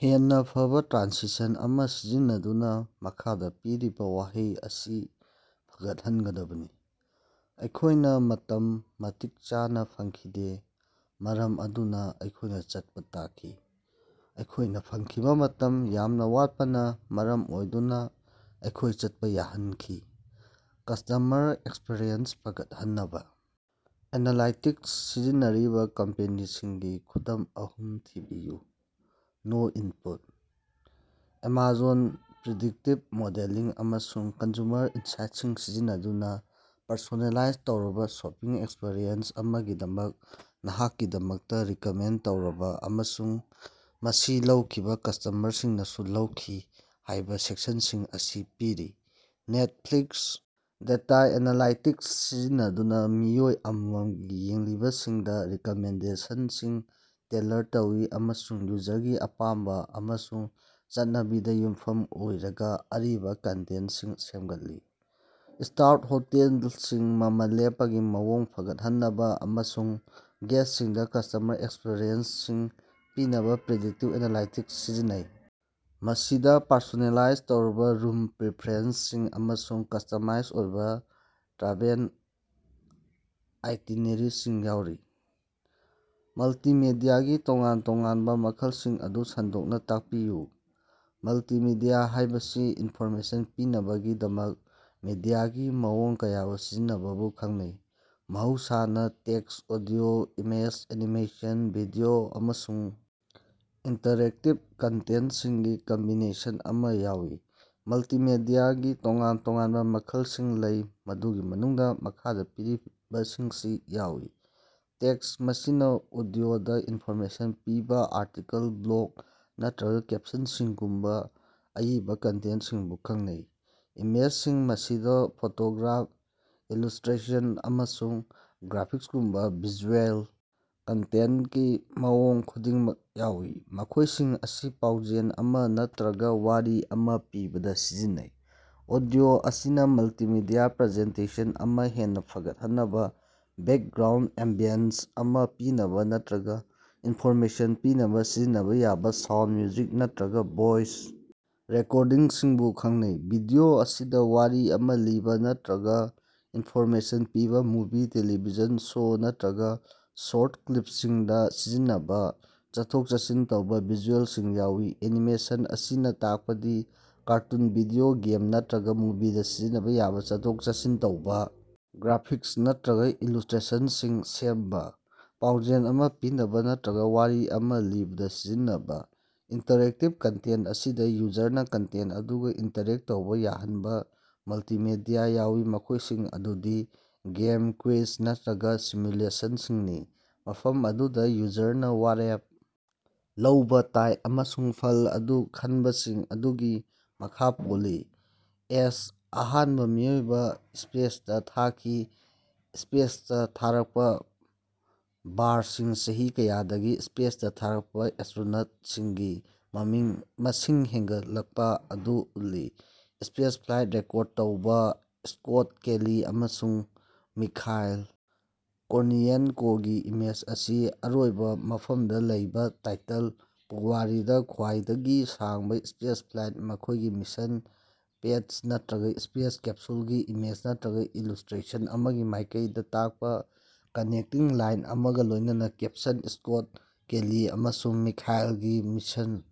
ꯍꯦꯟꯅꯥ ꯐꯕꯥ ꯇ꯭ꯔꯥꯟꯁꯤꯁꯟ ꯑꯃ ꯁꯤꯖꯤꯟꯅꯗꯨꯅ ꯃꯈꯥꯗ ꯄꯤꯔꯤꯕ ꯋꯥꯍꯩ ꯑꯁꯤ ꯐꯒꯠꯍꯟꯒꯗꯕꯅꯤ꯫ ꯑꯩꯈꯣꯏꯅ ꯃꯇꯝ ꯃꯇꯤꯛ ꯆꯥꯅ ꯐꯪꯈꯤꯗꯦ ꯃꯔꯝ ꯑꯗꯨꯅ ꯑꯩꯈꯣꯏꯅ ꯆꯠꯄ ꯇꯥꯈꯤ꯫ ꯑꯩꯈꯣꯏꯅ ꯐꯪꯈꯤꯕ ꯃꯇꯝ ꯌꯥꯝꯅ ꯋꯥꯠꯄꯅ ꯃꯔꯝ ꯑꯣꯏꯗꯨꯅ ꯑꯩꯈꯣꯏ ꯆꯠꯄ ꯌꯥꯍꯟꯈꯤ꯫ ꯀ꯭ꯁꯇꯃꯔ ꯑꯦꯛꯁꯄꯤꯔꯤꯑꯦꯟꯁ ꯐꯒꯠꯍꯟꯅꯕ ꯑꯦꯅꯥꯂꯥꯏꯇꯤꯛꯁ ꯁꯤꯖꯤꯟꯅꯔꯤꯕ ꯀꯝꯄꯦꯅꯤꯁꯤꯡꯒꯤ ꯈꯨꯗꯝ ꯑꯍꯨꯝ ꯊꯤꯕꯤꯌꯨ꯫ No input. Amazon predictive modelling ꯑꯃꯁꯨꯡ ꯀꯟꯖꯨꯃꯔ ꯏꯟꯁꯥꯏꯠꯁꯤꯡ ꯁꯤꯖꯤꯟꯅꯗꯨꯅ ꯄꯔꯁꯣꯅꯦꯂꯥꯏꯖ ꯇꯧꯔꯕ ꯁꯣꯄꯤꯡ ꯑꯦꯛꯁꯄꯤꯔꯤꯑꯦꯟꯁ ꯑꯃꯒꯤꯗꯃꯛ "ꯅꯍꯥꯛꯀꯤꯗꯃꯛꯇ ꯔꯤꯀꯃꯦꯟꯗ ꯇꯧꯔꯕꯥ" ꯑꯃꯁꯨꯡ "ꯃꯁꯤ ꯂꯧꯈꯤꯕ ꯀ꯭ꯁꯇꯃꯔꯁꯤꯡꯅꯁꯨ ꯂꯧꯈꯤ" ꯍꯥꯏꯕ ꯁꯦꯛꯁꯟꯁꯤꯡ ꯑꯁꯤ ꯄꯤꯔꯤ꯫ ꯅꯦꯠꯐ꯭ꯂꯤꯛꯁ ꯗꯦꯇ ꯑꯦꯅꯥꯂꯥꯏꯇꯤꯛꯁ ꯁꯤꯖꯤꯟꯅꯗꯨꯅ ꯃꯤꯑꯣꯏ ꯑꯃꯃꯝꯒꯤ ꯌꯦꯡꯂꯤꯕꯁꯤꯡꯗ ꯔꯤꯀꯃꯦꯟꯗꯦꯁꯟꯁꯤꯡ ꯇꯦꯜꯂꯔ ꯇꯧꯏ ꯑꯃꯁꯨꯡ ꯌꯨꯖꯔꯒꯤ ꯑꯄꯥꯥꯝꯕ ꯑꯃꯁꯨꯡ ꯆꯠꯅꯕꯤꯗ ꯌꯨꯝꯐꯝ ꯑꯣꯏꯔꯒ ꯑꯔꯤꯕ ꯀꯟꯇꯦꯟꯠꯁꯤꯡ ꯁꯦꯝꯒꯠꯂꯤ꯫ ꯁ꯭ꯇꯥꯔꯎꯗ ꯍꯣꯇꯦꯜꯁꯤꯡ ꯃꯃꯜ ꯂꯦꯞꯄꯒꯤ ꯃꯑꯣꯡ ꯐꯒꯠꯍꯟꯅꯕ ꯑꯃꯁꯨꯡ ꯒꯦꯁꯁꯤꯡꯗ ꯀ꯭ꯁꯇꯃꯔ ꯑꯦꯛꯁꯄꯔꯤꯌꯦꯟꯁꯁꯤꯡ ꯄꯤꯅꯕ ꯄ꯭ꯔꯤꯗꯤꯛꯇꯤꯚ ꯑꯦꯅꯥꯂꯥꯏꯇꯤꯛꯁ ꯁꯤꯖꯤꯟꯅꯩ, ꯃꯁꯤꯗ ꯄꯔꯁꯣꯅꯦꯂꯥꯏꯖ ꯇꯧꯔꯕ ꯔꯨꯝ ꯄ꯭ꯔꯤꯐꯦꯔꯦꯟꯁꯁꯤꯡ ꯑꯃꯁꯨꯡ ꯀ꯭ꯁꯇꯃꯥꯏꯁ ꯑꯣꯏꯕ ꯇ꯭ꯔꯥꯚꯦꯜ ꯑꯥꯏꯇꯤꯅꯦꯔꯤꯁꯤꯡ ꯌꯥꯎꯔꯤ꯫ ꯃꯜꯇꯤꯃꯦꯗꯤꯌꯥꯒꯤ ꯇꯣꯉꯥꯟ-ꯇꯣꯉꯥꯟꯕ ꯃꯈꯜꯁꯤꯡ ꯑꯗꯨ ꯁꯟꯗꯣꯛꯅ ꯇꯥꯛꯄꯤꯌꯨ꯫ ꯃꯜꯇꯤꯃꯤꯗꯤꯌꯥ ꯍꯥꯏꯕꯁꯤ ꯏꯟꯐꯣꯔꯃꯦꯁꯟ ꯄꯤꯅꯕꯒꯤꯗꯃꯛ ꯃꯤꯗꯤꯌꯥꯒꯤ ꯃꯑꯣꯡ ꯀꯌꯥꯕꯨ ꯁꯤꯖꯤꯟꯅꯕꯕꯨ ꯈꯪꯅꯩ, ꯃꯍꯧꯁꯥꯅ text, audio, image, animation, video, ꯑꯃꯁꯨꯡ ꯏꯟꯇꯔꯦꯛꯇꯤꯚ ꯀꯟꯇꯦꯟꯇꯁꯤꯡꯒꯤ ꯀꯝꯕꯤꯅꯦꯁꯟ ꯑꯃ ꯌꯥꯎꯏ꯫ ꯃꯜꯇꯤꯃꯦꯗꯤꯌꯥꯒꯤ ꯇꯣꯉꯥꯟ-ꯇꯣꯉꯥꯟꯕ ꯃꯈꯜꯁꯤꯡ ꯂꯩ, ꯃꯗꯨꯒꯤ ꯃꯅꯨꯡꯗ ꯃꯈꯥꯗ ꯄꯤꯔꯤꯕꯁꯤꯡꯁꯤ ꯌꯥꯎꯏ: ꯇꯦꯛꯁ ꯃꯁꯤꯅ ꯑꯣꯗꯤꯑꯣꯗꯥ ꯏꯟꯐꯣꯔꯃꯦꯁꯟ ꯄꯤꯕ ꯑꯥꯔꯇꯤꯀꯜ, ꯕ꯭ꯂꯣꯒ ꯅꯠꯇꯔꯒ ꯀꯦꯞꯁꯟꯁꯤꯡꯒꯨꯝꯕ ꯑꯏꯕ ꯀꯟꯇꯦꯟꯠꯁꯤꯡꯕꯨ ꯈꯪꯅꯩ꯫ ꯏꯃꯦꯖꯁꯤꯡ ꯃꯁꯤꯗ ꯐꯣꯇꯣꯒ꯭ꯔꯥꯐ, ꯏꯂꯨꯁꯇ꯭ꯔꯦꯁꯟ, ꯑꯃꯁꯨꯡ ꯒ꯭ꯔꯥꯐꯤꯛꯁꯒꯨꯝꯕ ꯚꯤꯖꯨꯑꯦꯜ ꯀꯟꯇꯦꯟꯠꯀꯤ ꯃꯑꯣꯡ ꯈꯨꯗꯤꯡꯃꯛ ꯌꯥꯎꯏ, ꯃꯈꯣꯏꯁꯤꯡ ꯑꯁꯤ ꯄꯥꯎꯖꯦꯜ ꯑꯃ ꯅꯠꯇꯔꯒ ꯋꯥꯔꯤ ꯑꯃ ꯄꯤꯕꯗ ꯁꯤꯖꯤꯟꯅꯩ꯫ ꯑꯣꯗꯤꯑꯣ ꯑꯁꯤꯅ ꯃꯜꯇꯤꯃꯤꯗꯤꯌ ꯄ꯭ꯔꯖꯦꯟꯇꯦꯁꯟ ꯑꯃ ꯍꯦꯟꯅ ꯐꯒꯠꯍꯟꯅꯕ, ꯕꯦꯛꯒ꯭ꯔꯥꯎꯟꯗ ꯑꯦꯝꯕꯤꯌꯟꯁ ꯑꯃꯥ ꯄꯤꯅꯕ ꯅꯠꯇꯔꯒ ꯏꯟꯐꯣꯔꯃꯦꯁꯟ ꯄꯤꯅꯕ ꯁꯤꯖꯤꯟꯅꯕ ꯌꯥꯕꯥ ꯁꯥꯎꯟꯗ, ꯃ꯭ꯌꯨꯖꯤꯛ ꯅꯠꯇꯔꯒ ꯚꯣꯏꯁ ꯔꯦꯀꯣꯔꯗꯤꯡꯁꯤꯡꯕꯨ ꯈꯪꯅꯩ꯫ ꯚꯤꯗꯤꯑꯣ ꯑꯁꯤꯗ ꯋꯥꯔꯤ ꯑꯃ ꯂꯤꯕ ꯅꯠꯇꯔꯒ ꯏꯟꯐꯣꯔꯃꯦꯁꯟ ꯄꯤꯕ, ꯃꯨꯚꯤ, ꯇꯦꯂꯤꯚꯤꯖꯟ ꯁꯣ ꯅꯠꯇꯔꯒꯥ ꯁ꯭ꯣꯔꯠ ꯀ꯭ꯂꯤꯄꯁꯤꯡꯗ ꯁꯤꯖꯤꯟꯅꯕ ꯆꯠꯊꯣꯛ-ꯆꯠꯁꯤꯟ ꯇꯧꯕ ꯚꯤꯖꯨꯑꯦꯜꯁꯤꯡ ꯌꯥꯎꯏ꯫ ꯑꯦꯅꯤꯃꯦꯁꯟ ꯑꯁꯤꯅ ꯇꯥꯛꯄꯗꯤ ꯀꯥꯔꯇꯨꯟ, ꯚꯤꯗꯤꯑꯣ ꯒꯦꯝ ꯅꯠꯇꯔꯒ ꯃꯨꯚꯤꯗ ꯁꯤꯖꯤꯟꯅꯕ ꯌꯥꯕꯥ ꯆꯠꯊꯣꯛ-ꯆꯠꯁꯤꯟ ꯇꯧꯕ ꯒ꯭ꯔꯥꯐꯤꯛꯁ ꯅꯠꯇꯔꯒ ꯏꯂꯨ꯭ꯁꯇꯔꯦꯁꯟꯁꯤꯡ ꯁꯦꯝꯕ, ꯄꯥꯎꯖꯦꯜ ꯑꯃ ꯄꯤꯅꯕ ꯅꯠꯇꯔꯒ ꯋꯥꯔꯤ ꯑꯃ ꯂꯤꯕꯗ ꯁꯤꯖꯤꯟꯅꯕ꯫ ꯏꯟꯇꯔꯦꯛꯇꯤꯕ ꯀꯟꯇꯦꯟꯠ ꯑꯁꯤꯗ ꯌꯨꯖꯔꯅ ꯀꯟꯇꯦꯟꯠ ꯑꯗꯨꯒ ꯏꯟꯇꯔꯦꯛ ꯇꯧꯕ ꯌꯥꯍꯟꯕ ꯃꯜꯇꯤꯃꯦꯗꯤꯌ ꯌꯥꯎꯏ, ꯃꯈꯣꯏꯁꯤꯡ ꯑꯗꯨꯗꯤ ꯒꯦꯝ, ꯀ꯭ꯋꯤꯖ, ꯅꯠꯇꯔꯒ ꯁꯤꯃꯨꯂꯦꯁꯟꯁꯤꯡꯅꯤ, ꯃꯐꯝ ꯑꯗꯨꯗ ꯌꯨꯖꯔꯅ ꯋꯥꯔꯦꯞ ꯂꯧꯕ ꯇꯥꯏ, ꯑꯃꯁꯨꯡ ꯐꯜ ꯑꯗꯨ ꯈꯟꯕꯁꯤꯡ ꯑꯗꯨꯒꯤ ꯃꯈꯥ ꯄꯣꯜꯂꯤ꯫ ꯑꯦꯁ, ꯑꯍꯥꯟꯕ ꯃꯤꯑꯣꯏꯕ ꯁ꯭ꯄꯦꯁꯇꯥ ꯊꯥꯈꯤ꯫ ꯁ꯭ꯄꯦꯁꯇꯥ ꯊꯥꯔꯛꯄ꯫ ꯕꯥꯔꯁꯤꯡ: ꯆꯍꯤ ꯀꯌꯥꯗꯒꯤ ꯁ꯭ꯄꯦꯁꯇ ꯊꯥꯔꯛꯄ ꯑꯦꯁꯇ꯭ꯔꯣꯅꯣꯠꯁꯤꯡꯒꯤ ꯃꯁꯤꯡ ꯍꯦꯡꯒꯠꯂꯛꯄ ꯑꯗꯨ ꯎꯠꯂꯤ꯫ ꯁ꯭ꯄꯦꯁꯐ꯭ꯂꯥꯏꯠ ꯔꯦꯀ꯭ꯣꯔꯗ ꯇꯧꯕꯥ: ꯁ꯭ꯀꯣꯠ ꯀꯦꯂꯤ ꯑꯃꯁꯨꯡ ꯃꯤꯈꯥꯏꯜ ꯀꯣꯔꯅꯤꯌꯦꯟꯀꯣꯒꯤ ꯏꯃꯦꯖ ꯑꯁꯤ ꯑꯔꯣꯏꯕ ꯃꯐꯝꯗ ꯂꯩꯕ ꯇꯥꯏꯇꯜ: ꯄꯨꯋꯥꯔꯤꯗ ꯈ꯭ꯋꯥꯏꯗꯒꯤ ꯁꯥꯡꯕ ꯁ꯭ꯄꯦꯁꯐ꯭ꯂꯥꯏꯠ, ꯃꯈꯣꯏꯒꯤ ꯃꯤꯁꯟ ꯄꯦꯠꯆ ꯅꯠꯇꯔꯒ ꯁ꯭ꯄꯦꯁ ꯀꯦꯞꯁꯨꯂꯒꯤ ꯏꯃꯦꯖ ꯅꯠꯇꯔꯒ ꯏꯂꯨ꯭ꯁꯇ꯭ꯔꯦꯁꯟ ꯑꯃꯒꯤ ꯃꯥꯏꯀꯩꯗ ꯇꯥꯛꯄ ꯀꯅꯦꯛꯇꯤꯡ ꯂꯥꯏꯟ ꯑꯃꯒꯥ ꯂꯣꯏꯅꯅ ꯀꯦꯞꯁꯟ: ꯁ꯭ꯀꯣꯠ ꯀꯦꯂꯤ ꯑꯃꯁꯨꯡ ꯃꯤꯈꯥꯏꯂꯒꯤ ꯃꯤꯁꯟ꯫